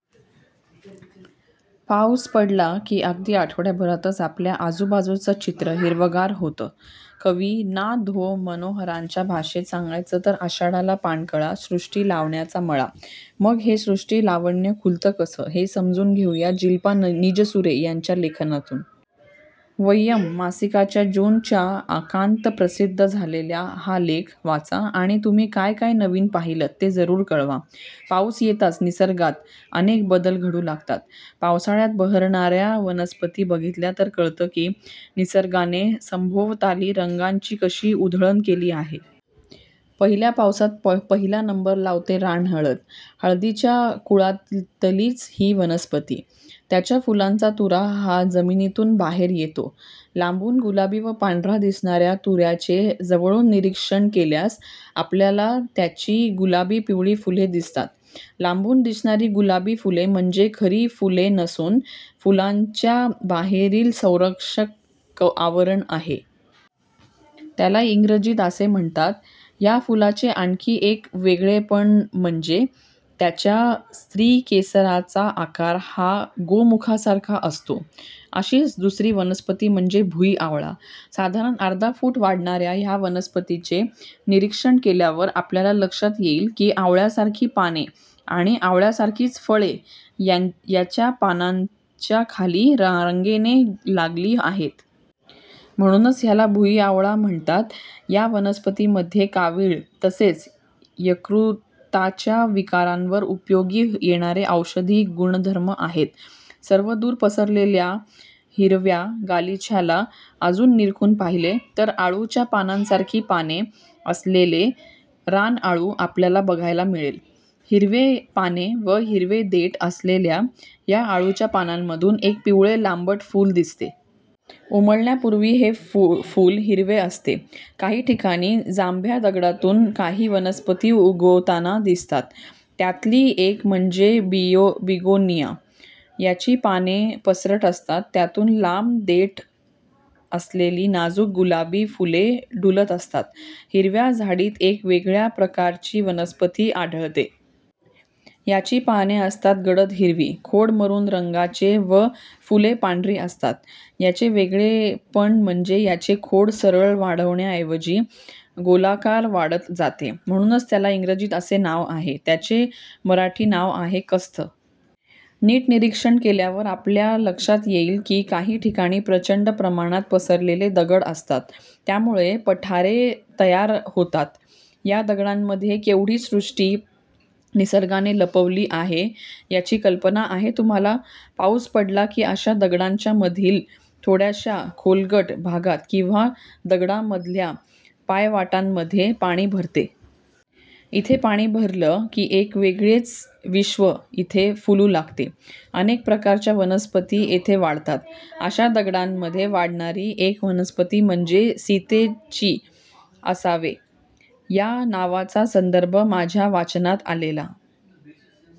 पाऊस पडला की अगदी आठवड्याभरातच आपल्या आजूबाजूचं चित्र हिरवंगार होतं. कवी ना. धों. महानोरांच्या भाषेत सांगायचं तर 'आषाढाला पाणकळा, सृष्टी लावण्याचा मळा! ' मग हे सृष्टी लावण्य खुलतं कसं? हे समजून घेऊया जिल्पा निजसुरे यांच्या लेखातून! ''वयम्'' मासिकाच्या जून च्या अंकात प्रसिद्ध झालेला हा लेख वाचा आणि तुम्ही काय काय नवीन पाहिलंत ते जरूर कळवा- पाऊस येताच निसर्गात अनेक बदल घडू लागतात. पावसाळ्यात बहरणाऱ्या वनस्पती बघितल्या तर कळतं की, निसर्गाने सभोवताली रंगांची कशी उधळण केली आहे. पहिल्या पावसात पहिला नंबर लावते रानहळद. हळदीच्या कुळातलीच ही वनस्पती. त्याच्या फुलांचा तुरा हा जमिनीतूनच बाहेर येतो. लांबून गुलाबी व पांढरा दिसणाऱ्या तुऱ्याचे जवळून निरीक्षण केल्यास आपल्याला त्याची गुलाबी-पिवळी फुले दिसतात. लांबून दिसणारी गुलाबी फुले म्हणजे खरी फुले नसून फुलांच्या बाहेरील संरक्षक आवरण आहे. त्याला इंग्रजीत असे म्हणतात. या फुलाचे आणखी एक वेगळेपण म्हणजे त्याच्या स्त्रीकेसराचा आकार हा गोमुखासारखा असतो. अशीच दुसरी वनस्पती म्हणजे भुईआवळा. साधारण अर्धा फूट वाढणाऱ्या या वनस्पतीचे निरीक्षण केल्यावर आपल्या लक्षात येईल की, आवळ्यासारखी पाने आणि आवळ्यासारखीच फळे याच्या पानांच्या खाली रांगेने लागली आहेत. म्हणूनच ह्याला भुईआवळा म्हणतात. या वनस्पतीमध्ये कावीळ तसेच यकृताच्या विकारांवर उपयोगी येणारे औषधी गुणधर्म आहेत. सर्वदूर पसरलेल्या हिरव्या गालिच्याला अजून निरखून पहिले तर अळूच्या पानांसारखी पाने असलेला रानअळू आपल्याला बघायला मिळेल. हिरवी पाने व हिरवे देठ असलेल्या या अळूच्या पानांच्यामधून एक पिवळे लांबट फूल दिसते. उमलण्यापूर्वी हे फूल हिरवे असते. काही ठिकाणी जांभ्या दगडातून काही वनस्पती उगवताना दिसतात. त्यातली एक म्हणजे बिगोनिया. याची पाने पसरट असतात. त्यातून लांब देठ असलेली नाजूक गुलाबी फुले डुलत असतात. हिरव्या झाडीत एक वेगळ्या प्रकारची वनस्पती आढळते. याची पाने असतात गडद हिरवी, खोड मरून रंगाचे व फुले पांढरी असतात. याचे वेगळेपण म्हणजे याचे खोड सरळ वाढण्याऐवजी गोलाकार वाढत जाते. म्हणूनच त्याला इंग्रजीत असे नाव आहे. त्याचे मराठी नाव आहे कस्थ. नीट निरीक्षण केल्यावर आपल्या लक्षात येईल की काही ठिकाणी प्रचंड प्रमाणात पसरलेले दगड असतात, ज्यामुळे पठारे तयार होतात. या दगडांमध्ये केवढी सृष्टी निसर्गाने लपवली आहे याची कल्पना आहे तुम्हांला? पाऊस पडला की अशा दगडांच्यामधील थोड्याशा खोलगट भागात किंवा दगडामधल्या पायवाटांमध्ये पाणी भरते. इथे पाणी भरलं की एक वेगळेच विश्व इथे फुलू लागते. अनेक प्रकारच्या वनस्पती इथे वाढतात. अशा दगडांमध्ये वाढणारी एक वनस्पती म्हणजे सीतेची आसवे'. या नावाचा संदर्भ माझ्या वाचनात आलेला